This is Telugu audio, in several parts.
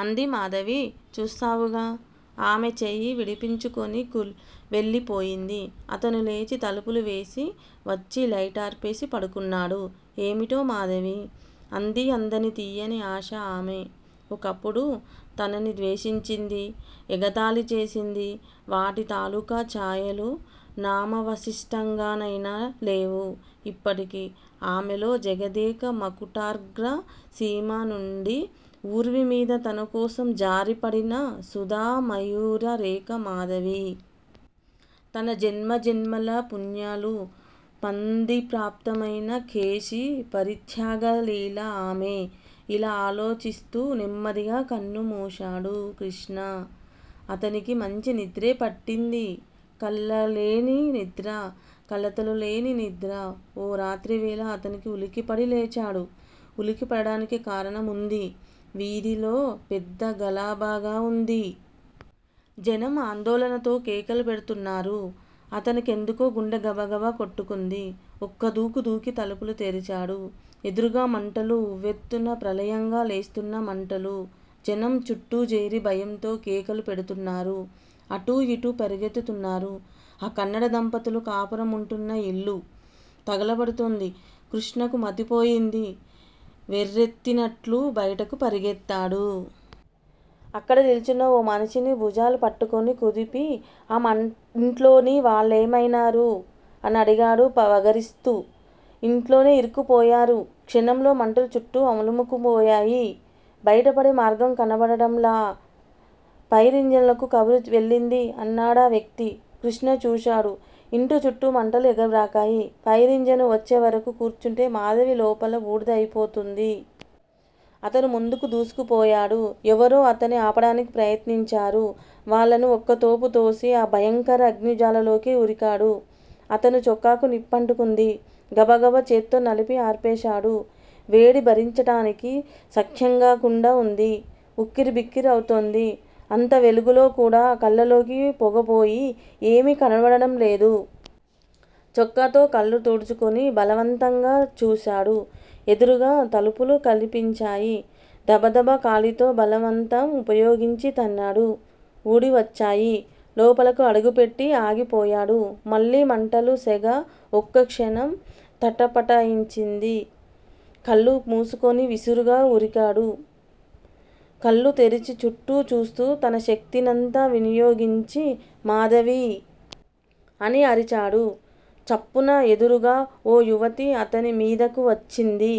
అంది మాధవి. చూస్తావుగా. ఆమె చెయ్యి విడిపించుకుని వెళ్ళిపోయింది. అతను లేచి తలుపులు వేసి, వచ్చి లైటార్పేసి పడుకున్నాడు. ఏమిటో మాధవీ! అందీఅందని తియ్యని ఆశ ఆమె. ఒకప్పుడు తనని ద్వేషించింది. ఎగతాళి చేసింది. వాటి తాలూకు ఛాయలు నామావశిష్టంగానైనా లేవు యిప్పటి ఆమెలో జగదేక మకుటాగ్ర సీమనుండి ఉర్విమీద తనకోసం జారిపడిన సుధామయూర రేఖ మాధవి. తన జన్మ జనమ పుణ్యాలు పంది ప్రాప్తమైన కేశీ పరిత్యాగలీల ఆమె. ఇలా ఆలోచిస్తూ నెమ్మదిగా కన్నుమూశాడు కృష్ణ. అతనికి మంచి నిద్రే పట్టింది. కల్లల్లేని నిద్ర. కలతలు లేని నిద్ర. ఓ రాత్రివేళ అతను ఉలికిపడి లేచాడు. ఉలికిపడటానికి కారణముంది. వీధిలో పెద్ద గలాభాగా వుంది. జనం ఆందోళనతో కేకలుపెడ్తున్నారు. అతనికెందుకో గుండె గబగబ కొట్టుకుంది. ఒక్కదూకు దూకి తలుపులు తెరిచాడు. ఎదురుగా మంటలు, ఉవ్వెత్తున ప్రళయంగా లేస్తోన్న మంటలు. జనం చుట్టూచేరి భయంతో కేకలు పెడుతున్నారు. అటూయిటూ పరిగెత్తుతున్నారు. ఆ కన్నడ దంపతులు కాపురముంటూన్న యిల్లు తగలబడుతోంది. కృష్ణకు మతిపోయింది. వెర్రెత్తినట్లు భయటకు పరిగెత్తాడు. అక్కడ నిల్చున్న ఓ మనిషిని భుజాలు పట్టుకుని కుదిపి ఆ ఇంట్లోని వాళ్ళేమైనారు? అనడిగాడు వగరుస్తూ. యింట్లోనే యిరుక్కుపోయారు. క్షణంలో మంటలు చుట్టూ అలుముకుపోయాయి. బయటపడే మార్గం కనపడటంలా. ఫైరింజనులకి కబురు వెళ్ళింది అన్నాడా వ్యక్తి. కృష్ణ చూశాడు. ఇంటిచుట్టూ మంటలు ఎగబ్రాకాయి. ఫైరింజానూ వచ్చేవరకూ కూర్చుంటే మాధవి లోపల బూడిద అయిపోతుంది. అతను ముందుకు దూసుకుపోయాడు. ఎవరో అతన్ని ఆపటానికి ప్రయత్నించారు. వాళ్ళని ఒక్క తోపుతోసి ఆ భయంకర అగ్నిజ్వాలలోకి ఉరికాడు. అతని చొక్కాకు నిప్పంటుకుంది. గబగబ చేత్తో నలిపి ఆర్పేశాడు. వేడి భరించటానికి సఖ్యంగాకుండా ఉంది. ఉక్కిరిబిక్కిరి అవుతోంది. అంత వెలుగులో కూడా కళ్ళలోకి పొగబోయి ఏమీ కనపడటంలేదు. చొక్కాతో కళ్ళు తుడుచుకుని బలవంతంగా చూశాడు. ఎదురుగా తలుపులు కనిపించాయి. దబదబ కాలితో బలమంతా ఉపయోగించి తన్నాడు. ఊడివచ్చాయి. లోపలకు అడుగుపెట్టి ఆగిపోయాడు. మళ్ళీ మంటలు, సెగ ఒక్కక్షణం తటపటాయించి కళ్ళు మూసుకుని విసురుగా ఉరికాడు. కళ్ళు తెరిచి, చుట్టూ చూస్తూ తన శక్తినంతా వినియోగించి మాధవీ! అని అరిచాడు. చప్పున ఎదురుగా ఓ యువతి అతనిమీధకు వచ్చింది.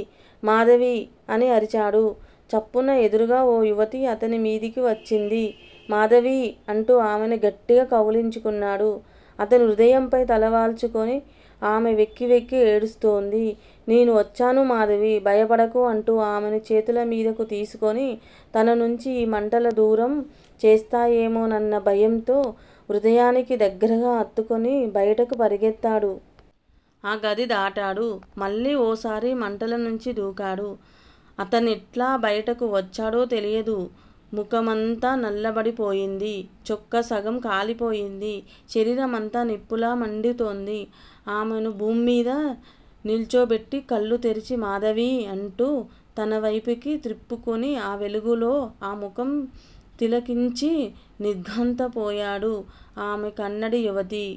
మాధవీ! అని అరిచాడు. చప్పున ఎదురుగా ఓ యువతి అతనిమీధకు వచ్చింది. 'మాధవీ! ' అంటూ ఆమెను గట్టిగా కౌగలించుకున్నాడు. అతని హృదయంపై తలవాల్చి ఆమె వెక్కివెక్కి ఏడుస్తూంది. నేను వచ్చాను మాధవీ భయపడకు అంటూ ఆమెను చేతులమీదకు తీసుకుని తననుంచి ఈ మంటలు దూరం చేస్తాయేమోనన్న భయంతో హృదయానికి దగ్గరగా హత్తుకుని బయటకు పరిగెత్తాడు. ఆ గది దాటాడు. మళ్ళీ ఓసారి మంటలనుంచి దూకాడు. అతనెట్లా బయటకు వచ్చాడో తెలీదు. ముఖమంతా నల్లబడిపోయింది. చొక్కా సగం కాలిపోయింది. శరీరమంతా నిప్పులా మండుతోంది. ఆమెను భూమ్మీద నిల్చోపెట్టి కళ్ళు తెరు మాధవీ! అంటూ తనవైపుకి త్రిప్పుకుని ఆ వెలుగులో ఆ ముఖం తిలకించి నిర్ఘాంతపోయాడు. ఆమె కన్నడి యువతి.